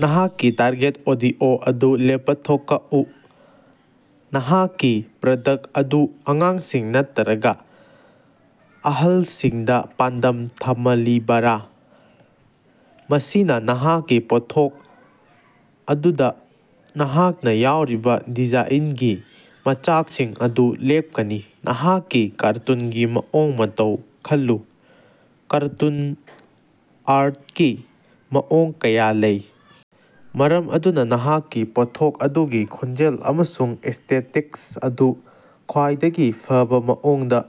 ꯅꯍꯥꯛꯀꯤ target audio ꯑꯗꯨ ꯂꯦꯄꯊꯣꯀꯎ: ꯅꯍꯥꯛꯀꯤ ꯄ꯭ꯔꯗꯛ ꯑꯗꯨ ꯑꯉꯥꯡꯁꯤꯡ ꯅꯠꯇꯔꯒ ꯑꯍꯜꯁꯤꯡꯗ ꯄꯥꯟꯗꯝ ꯊꯃꯂꯤꯕꯔꯥ? ꯃꯁꯤꯅ ꯅꯍꯥꯛꯀꯤ ꯄꯣꯠꯊꯣꯛ ꯑꯗꯨꯗ ꯅꯍꯥꯛꯅ ꯌꯥꯎꯔꯤꯕ ꯗꯤꯖꯥꯏꯟꯒꯤ ꯃꯆꯥꯛꯁꯤꯡ ꯑꯗꯨ ꯂꯦꯞꯀꯅꯤ꯫ ꯅꯍꯥꯛꯀꯤ ꯀꯥꯔꯇꯨꯟꯒꯤ ꯃꯑꯣꯡ ꯃꯇꯧ ꯈꯜꯂꯨ: ꯀꯥꯔꯇꯨꯟ ꯑꯥ꯭ꯔꯠꯀꯤ ꯃꯑꯣꯡ ꯀꯌꯥ ꯂꯩ, ꯃꯔꯝ ꯑꯗꯨꯅ ꯅꯍꯥꯛꯀꯤ ꯄꯣꯠꯊꯣꯛ ꯑꯗꯨꯒꯤ ꯈꯣꯟꯖꯦꯜ ꯑꯃꯁꯨꯡ ꯑꯦꯁ꯭ꯇꯦꯇꯤꯛꯁ ꯑꯗꯨ ꯈ꯭ꯋꯥꯏꯗꯒꯤ ꯐꯕ ꯃꯑꯣꯡꯗ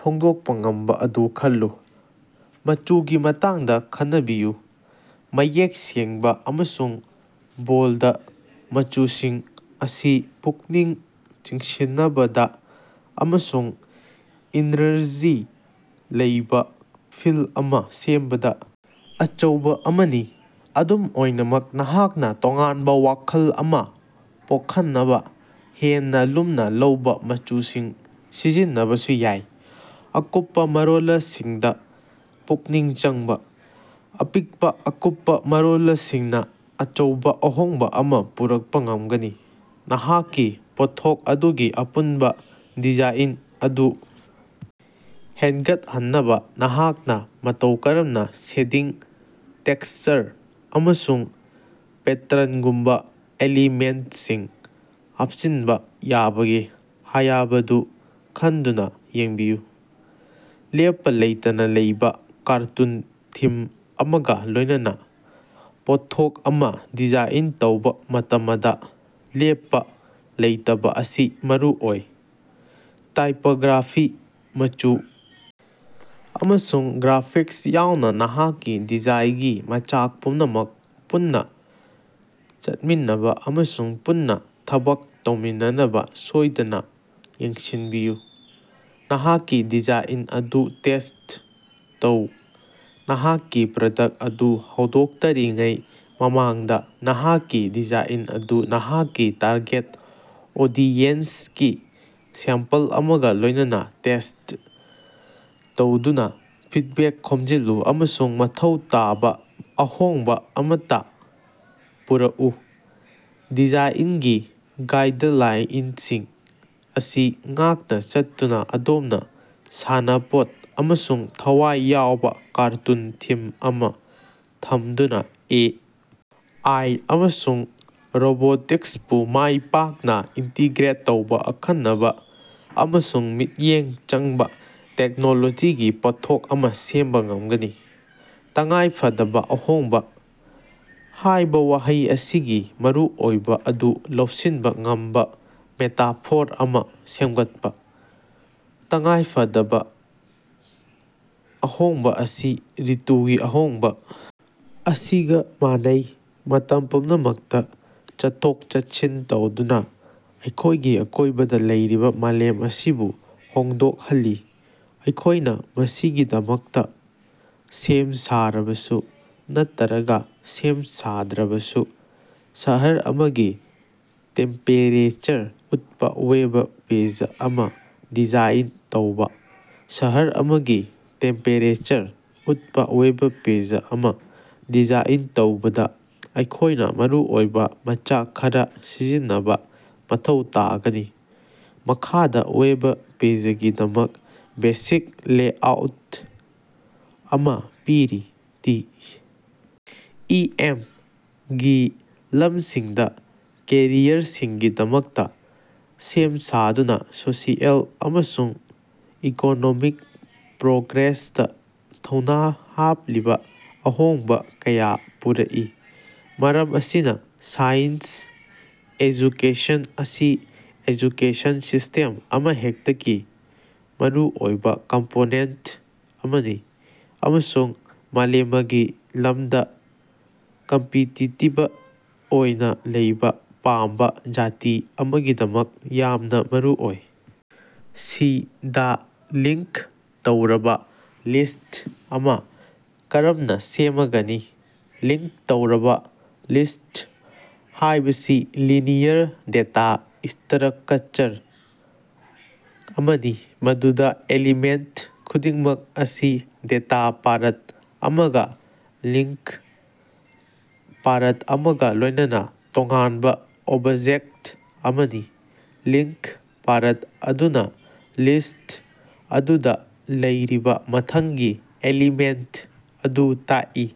ꯐꯣꯡꯗꯣꯛꯄ ꯉꯝꯕ ꯑꯗꯨ ꯈꯜꯂꯨ꯫ ꯃꯆꯨꯒꯤ ꯃꯇꯥꯡꯗ ꯈꯅꯕꯤꯌꯨ: ꯃꯌꯦꯛ ꯁꯦꯡꯕ ꯑꯃꯁꯨꯡ ꯕꯣꯜꯗ ꯃꯆꯨꯁꯤꯡ ꯑꯁꯤ ꯄꯨꯛꯅꯤꯡ ꯆꯤꯡꯁꯤꯅꯕꯗ ꯑꯃꯁꯨꯡ ꯏꯅ꯭ꯔꯖꯤ ꯂꯩꯕ ꯐꯤꯜ ꯑꯃ ꯁꯦꯝꯕꯗ ꯑꯆꯧꯕ ꯑꯃꯅꯤ꯫ ꯑꯗꯨꯝ ꯑꯣꯏꯅꯃꯛ, ꯅꯍꯥꯛꯅ ꯇꯣꯉꯥꯟꯕ ꯋꯥꯈꯜ ꯑꯃ ꯄꯣꯈꯟꯅꯕ ꯍꯦꯟꯅ ꯂꯨꯝꯅ ꯂꯧꯕ ꯃꯆꯨꯁꯤꯡ ꯁꯤꯖꯤꯟꯅꯕꯁꯨ ꯌꯥꯏ꯫ ꯑꯀꯨꯞꯄ ꯃꯔꯣꯂꯁꯤꯡꯗ ꯄꯨꯛꯅꯤꯡ ꯆꯪꯕꯥ: ꯑꯄꯤꯛꯄ ꯑꯀꯨꯞꯄ ꯃꯔꯣꯂꯁꯤꯡꯅ ꯑꯆꯧꯕ ꯑꯍꯣꯡꯕ ꯑꯃ ꯄꯨꯔꯛꯄ ꯉꯝꯒꯅꯤ꯫ ꯅꯍꯥꯛꯀꯤ ꯄꯣꯠꯊꯣꯛ ꯑꯗꯨꯒꯤ ꯑꯄꯨꯟꯕ ꯗꯤꯖꯥꯏꯟ ꯑꯗꯨ ꯍꯦꯟꯒꯠꯍꯟꯅꯕ ꯅꯍꯥꯛꯅ ꯃꯇꯧ ꯀꯔꯝꯅ ꯁꯦꯗꯤꯡ, ꯇꯦꯛꯁꯆꯔ, ꯑꯃꯁꯨꯡ ꯄꯦꯇ꯭ꯔꯟꯒꯨꯝꯕ ꯑꯦꯂꯤꯃꯦꯟꯠꯁꯤꯡ ꯍꯥꯞꯆꯤꯟꯕ ꯌꯥꯕꯒꯦ ꯍꯥꯌꯕꯗꯨ ꯈꯟꯗꯨꯅ ꯌꯦꯡꯕꯤꯌꯨ꯫ ꯂꯦꯞꯄ ꯂꯩꯇꯅ ꯂꯩꯕ: ꯀꯥꯔꯇꯨꯟ ꯊꯤꯝ ꯑꯃꯒ ꯂꯣꯏꯅꯅ ꯄꯣꯠꯊꯣꯛ ꯑꯃ ꯗꯤꯖꯥꯏꯟ ꯇꯧꯕ ꯃꯇꯃꯗ ꯂꯦꯞꯄ ꯂꯩꯇꯕ ꯑꯁꯤ ꯃꯔꯨ ꯑꯣꯏ꯫ ꯇꯥꯏꯄꯒ꯭ꯔꯥꯐꯤ, ꯃꯆꯨ, ꯑꯃꯁꯨꯡ ꯒ꯭ꯔꯥꯐꯤꯛꯁ ꯌꯥꯎꯅ ꯅꯍꯥꯛꯀꯤ ꯗꯤꯖꯥꯏꯒꯤ ꯃꯆꯥꯛ ꯄꯨꯝꯅꯃꯛ ꯄꯨꯟꯅ ꯆꯠꯃꯤꯟꯅꯕ ꯑꯃꯁꯨꯡ ꯄꯨꯟꯅ ꯊꯕꯛ ꯇꯧꯃꯤꯟꯅꯅꯕ ꯁꯣꯏꯗꯅ ꯌꯦꯡꯁꯤꯟꯕꯤꯌꯨ꯫ ꯅꯍꯥꯛꯀꯤ ꯗꯤꯖꯥꯏꯟ ꯑꯗꯨ ꯇꯦꯁ꯭ꯠ ꯇꯧ: ꯅꯍꯥꯛꯀꯤ ꯄ꯭ꯔꯗꯛ ꯑꯗꯨ ꯍꯧꯗꯣꯛꯇꯔꯤꯉꯩ ꯃꯃꯥꯡꯗ, ꯅꯍꯥꯛꯀꯤ ꯗꯤꯖꯥꯏꯟ ꯑꯗꯨ ꯅꯍꯥꯛꯀꯤ ꯇꯥꯔꯒꯦꯠ ꯑꯣꯗꯤꯌꯦꯟꯁꯀꯤ ꯁꯦꯝꯄꯜ ꯑꯃꯒ ꯂꯣꯏꯅꯅ ꯇꯦꯁ꯭ꯠ ꯇꯧꯗꯨꯅ ꯐꯤꯠꯕꯦꯛ ꯈꯣꯝꯖꯤꯜꯂꯨ ꯑꯃꯁꯨꯡ ꯃꯊꯧ ꯇꯥꯕ ꯑꯍꯣꯡꯕ ꯑꯃꯠꯇ ꯄꯨꯔꯛꯎ꯫ ꯗꯤꯖꯥꯏꯟꯒꯤ ꯒꯥꯏꯗꯂꯥꯏꯟꯁꯤꯡ ꯑꯁꯤ ꯉꯥꯛꯅ ꯆꯠꯇꯨꯅ ꯑꯗꯣꯝꯅ ꯁꯥꯟꯅꯄꯣꯠ ꯑꯃꯁꯨꯡ ꯊꯋꯥꯏ ꯌꯥꯎꯕ ꯀꯥꯔꯇꯨꯟ ꯊꯤꯝ ꯑꯃ ꯊꯝꯗꯨꯅ ꯑꯦ. ꯑꯥꯏ. ꯑꯃꯁꯨꯡ ꯔꯣꯕꯣꯇꯤꯛꯁꯄꯨ ꯃꯥꯏ ꯄꯥꯛꯅ ꯏꯟꯇꯤꯒ꯭ꯔꯦꯠ ꯇꯧꯕ ꯑꯈꯟꯅꯕ ꯑꯃꯁꯨꯡ ꯃꯤꯠꯌꯦꯡ ꯆꯪꯕ ꯇꯦꯛꯅꯣꯂꯣꯖꯤꯒꯤ ꯄꯣꯠꯊꯣꯛ ꯑꯃ ꯁꯦꯝꯕ ꯉꯝꯒꯅꯤ꯫ "ꯇꯉꯥꯏꯐꯗꯕ ꯑꯍꯣꯡꯕ" ꯍꯥꯏꯕ ꯋꯥꯍꯩ ꯑꯁꯤꯒꯤ ꯃꯔꯨꯑꯣꯏꯕ ꯑꯗꯨ ꯂꯧꯁꯤꯟꯕ ꯉꯝꯕ ꯃꯦꯇꯥꯐꯣꯔ ꯑꯃ ꯁꯦꯝꯒꯠꯄ꯫ ꯇꯉꯥꯏꯐꯗꯕ ꯑꯍꯣꯡꯕ ꯑꯁꯤ ꯔꯤꯇꯨꯒꯤ ꯑꯍꯣꯡꯕ ꯑꯁꯤꯒ ꯃꯥꯟꯅꯩ, ꯃꯇꯝ ꯄꯨꯝꯅꯃꯛꯇ ꯆꯠꯊꯣꯛ-ꯆꯠꯁꯤꯟ ꯇꯧꯗꯨꯅ, ꯑꯩꯈꯣꯏꯒꯤ ꯑꯀꯣꯏꯕꯗ ꯂꯩꯔꯤꯕ ꯃꯥꯂꯦꯝ ꯑꯁꯤꯕꯨ ꯍꯣꯡꯗꯣꯛꯍꯜꯂꯤ, ꯑꯩꯈꯣꯏꯅ ꯃꯁꯤꯒꯤꯗꯃꯛꯇ ꯁꯦꯝ ꯁꯥꯔꯕꯁꯨ ꯅꯠꯇꯔꯒ ꯁꯦꯝ ꯁꯥꯗ꯭ꯔꯕꯁꯨ꯫ ꯁꯍꯔ ꯑꯃꯒꯤ ꯇꯦꯝꯄꯦꯔꯦꯆꯔ ꯎꯠꯄꯥ ꯋꯦꯕ ꯄꯦꯖ ꯑꯃꯥ ꯗꯤꯖꯥꯏꯟ ꯇꯧꯕꯥ꯫ ꯁꯍꯔ ꯑꯃꯒꯤ ꯇꯦꯝꯄꯦꯔꯦꯆꯔ ꯎꯠꯄ ꯋꯦꯕ ꯄꯦꯖ ꯑꯃ ꯗꯤꯖꯥꯏꯟ ꯇꯧꯕꯗ ꯑꯩꯈꯣꯏꯅ ꯃꯔꯨꯑꯣꯏꯕ ꯃꯆꯥꯛ ꯈꯔ ꯁꯤꯖꯤꯟꯅꯕ ꯃꯊꯧ ꯇꯥꯒꯅꯤ꯫ ꯃꯈꯥꯗ ꯋꯦꯕ ꯄꯦꯖꯒꯤꯗꯃꯛ ꯕꯦꯁꯤꯛ ꯂꯦꯑꯥꯎꯠ ꯑꯃꯥ ꯄꯤꯔꯤ ꯇꯤ. ꯏ. ꯑꯦꯝ.)ꯒꯤ ꯂꯝꯁꯤꯡꯗ ꯀꯦꯔꯤꯌꯔꯁꯤꯡꯒꯤꯗꯃꯛꯇ ꯁꯦꯝ ꯁꯥꯗꯨꯅ ꯁꯣꯁꯤꯑꯦꯜ ꯑꯃꯁꯨꯡ ꯏꯀꯣꯅꯣꯃꯤꯛ ꯄ꯭ꯔꯣꯒ꯭ꯔꯦꯁꯇ ꯊꯧꯅꯥ ꯍꯥꯞꯂꯤꯕ ꯑꯍꯣꯡꯕ ꯀꯌꯥ ꯄꯨꯔꯛꯏ꯫ ꯃꯔꯝ ꯑꯁꯤꯅ ꯁꯥꯏꯟꯁ ꯑꯦꯖꯨꯀꯦꯁꯟ ꯑꯁꯤ ꯑꯦꯖꯨꯀꯦꯁꯟ ꯁꯤꯁ꯭ꯇꯦꯝ ꯑꯃꯍꯦꯛꯇꯒꯤ ꯃꯔꯨꯑꯣꯏꯕ ꯀꯝꯄꯣꯅꯦꯟꯠ ꯑꯃꯅꯤ ꯑꯃꯁꯨꯡ ꯃꯥꯂꯦꯃꯒꯤ ꯂꯝꯗ ꯀꯝꯄꯤꯇꯤꯇꯤꯕ ꯑꯣꯏꯅ ꯂꯩꯕ ꯄꯥꯝꯕ ꯖꯥꯇꯤ ꯑꯃꯒꯤꯗꯃꯛ ꯌꯥꯝꯅ ꯃꯔꯨꯑꯣꯏ꯫। ꯁꯤ ꯗꯥ ꯂꯤꯡꯛ ꯇꯧꯔꯕ ꯂꯤꯁ꯭ꯠ ꯑꯃ ꯀꯔꯝꯅ ꯁꯦꯃꯒꯅꯤ? ꯂꯤꯡꯛ ꯇꯧꯔꯕ ꯂꯤꯁ꯭ꯠ ꯍꯥꯏꯕꯁꯤ ꯂꯤꯅꯤꯌꯔ ꯗꯦꯇꯥ ꯁ꯭ꯇꯔꯀꯆꯔ ꯑꯃꯅꯤ ꯃꯗꯨꯗ ꯑꯦꯂꯤꯃꯦꯟꯠ ꯈꯨꯗꯤꯡꯃꯛ ꯑꯁꯤ ꯗꯦꯇꯥ ꯄꯥꯔꯠ ꯑꯃꯒ ꯂꯤꯉ꯭ꯛ ꯄꯥꯔꯠ ꯑꯃꯒ ꯂꯣꯏꯅꯅ ꯇꯣꯉꯥꯟꯕ ꯑꯣꯕꯖꯦꯛꯠ ꯑꯃꯅꯤ꯫ ꯂꯤꯉ꯭ꯛ ꯄꯥꯔꯠ ꯑꯗꯨꯅ ꯂꯤꯁ꯭ꯠ ꯑꯗꯨꯗ ꯂꯩꯔꯤꯕ ꯃꯊꯪꯒꯤ ꯑꯦꯂꯤꯃꯦꯟꯠ ꯑꯗꯨ ꯇꯥꯛꯏ꯫